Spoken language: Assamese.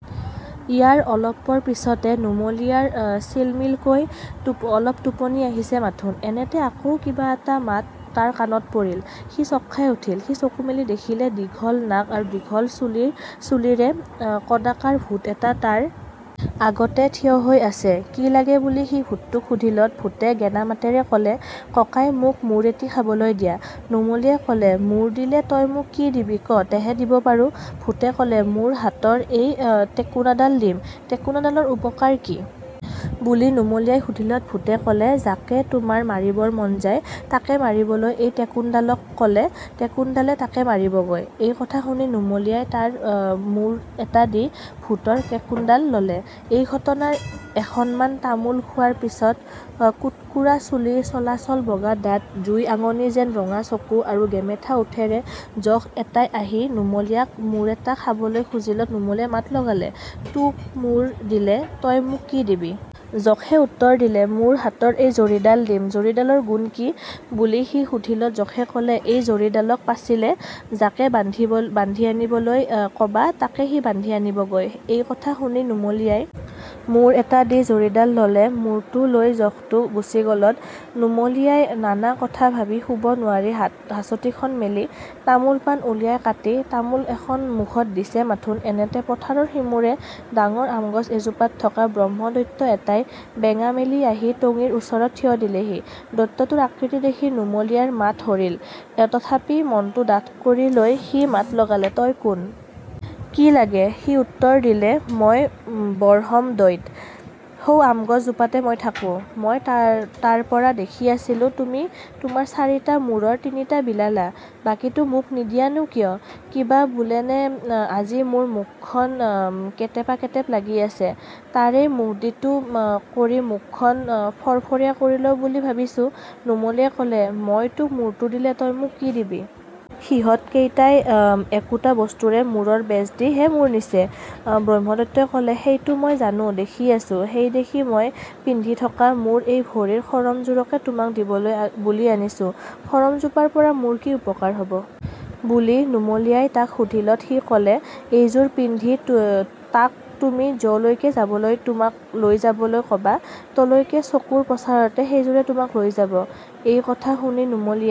ইয়াৰ অলপ পৰ পিচতে নুমলীয়াৰ চিল্মিল্কৈ অলপ টোপনি আহিছে মাথোন, এনেতে আকৌ কিবা এটা মাত তাৰ কাণত পৰিল, সি চক্খাই উঠিল৷ সি চকু মেলি দেখিলে,-দীঘল নাক আৰু দীঘল চুলিৰে কদাকাৰ ভূত এটা তাৰ আগতে থিয় হৈ আছে৷ কি লাগে বুলি সি ভূতটোক সুধিলত, ভূতে গেনা মাতেৰে ক'লে, "কঁকাই মোক মূৰ এটি খাবলৈ দিয়া৷" নুমলীয়াই ক'লে, "মূৰ দিলে তই মোক কি দিবি ক, তেহে দিব পাৰোঁ৷" ভূতে ক'লে, "মোৰ হাতৰ এঁই টোকোনাডাল দিঁম৷" "টোকোনাডালৰ উপকাৰ কি? " বুলি নুমলীয়াই সুধিলত ভূতে ক'লে, "যাঁকে তোঁমাৰ মাৰিবৰ মন যাঁয়, তাঁকে মাৰিবলৈ এঁই টোকোন ডাঁলক ক'লে টোঁকোনডাঁলে তাঁকে মাৰিবগৈ৷" এই কথা শুনি নুমলীয়াই তাৰ মূৰ এটা দি ভূতৰ টোকোনডাল ল'লে৷ এই ঘটনাৰ এখনমান তামোল খোৱাৰ পিছত কুট্কুৰা চুলি, চলাচল বগা দাঁত, জুই-আঙনি যেন ৰঙা চুক আৰু গেমেধা ওঁঠেৰে যখ এটাই আহি নুমলীয়াক মূৰ এটা খাবলৈ খুজিলত, নুমলীয়াই মাত লগালে, "তোক মূৰ দিলে তই মোক কি দিবি? " যখে উত্তৰ দিলে, "মোৰ হাতৰ এই জৰীডাল দিম৷" "জৰীডালৰ গুণ কি? " বুলি সি সুধিলত যখে ক'লে, "এই জৰীডালক পাচিলে, যাকে বান্ধি আনিবলৈ কবা তাকে সি বান্ধি আনিবগৈ৷" এই কথা শুনি নুমলীয়াই মূৰ এটা দি জৰীডাল ললে৷ মূৰটো লৈ যখটো গুচি গ'লত নুমলীয়াই নানা কথা ভাবি শুব নোৱাৰি হাচটিখন মেলি তামোল-পাণ উলিয়াই কাটি তামোল এখন মুখত দিছে মাথোন, এনেতে পথাৰৰ সিমূৰে ডাঙৰ আমগছ এজোপাত থকা ব্ৰহ্মদৈত্য এটাই বেঙা মেলি আহি টঙিৰ ওচৰত থিয় দিলেহি৷ দৈত্যটোৰ আকৃতি দেখি নুমলীয়াৰ মাত হৰিল৷ তথাপি মনটো ডাঠ কৰি লৈ সি মাত লগালে, "তই কোন? কি লাগে? " সি উত্তৰ দিলে-"মই বৰহম দইত৷ সৌ আমগছ জোপাতে মই থাকোঁ৷ মই তাৰপৰা দেখি আছিলোঁ তুমি তোমাৰ চাৰিটা মূৰৰ তিনিটা বিলালা৷ বাকীটো মোক নিদিয়াঁ নো কিয়? কিবা বোলেনে আজি মোৰ মুখখন কেটেপাকেটেপ লাগি আছে, তাৰেই মুহুদিটো কৰি মুখখন ফৰ্ফৰীয়া কৰি লওঁ বুলি ভাবিছোঁ৷" নুমলীয়াই সুধিলে, "মই তোক মূৰটো দিলে, তই মোক কি দিবি? সিহঁত কেইটাই একোটা বস্তুৰে মূৰৰ বেচ দি হে মূৰ নিছে৷" ব্ৰহ্মদৈত্যই ক'লে, "সেইটো মই জানো; দেখি আছোঁ৷ সেইদেখি মই পিন্ধি থকা মোৰ এই ভৰিৰ খৰমজোৰকে তোমাক দিবলৈ বুলি আনিছোঁ৷" "খৰমজোপাৰপৰা মোৰ কি উপকাৰ হব? " বুলি নুমলীয়াই তাক সুধিলত সি ক'লে, "এইজোৰ পিন্ধি তাক তুমি যলৈকে যাবলৈ তোমাক লৈ যাবলৈ কবা তলৈকে চকুৰ পচাৰতে সেইজোৰে তোমাক লৈ যাব৷" এই কথা শুনি নুমলীয়াই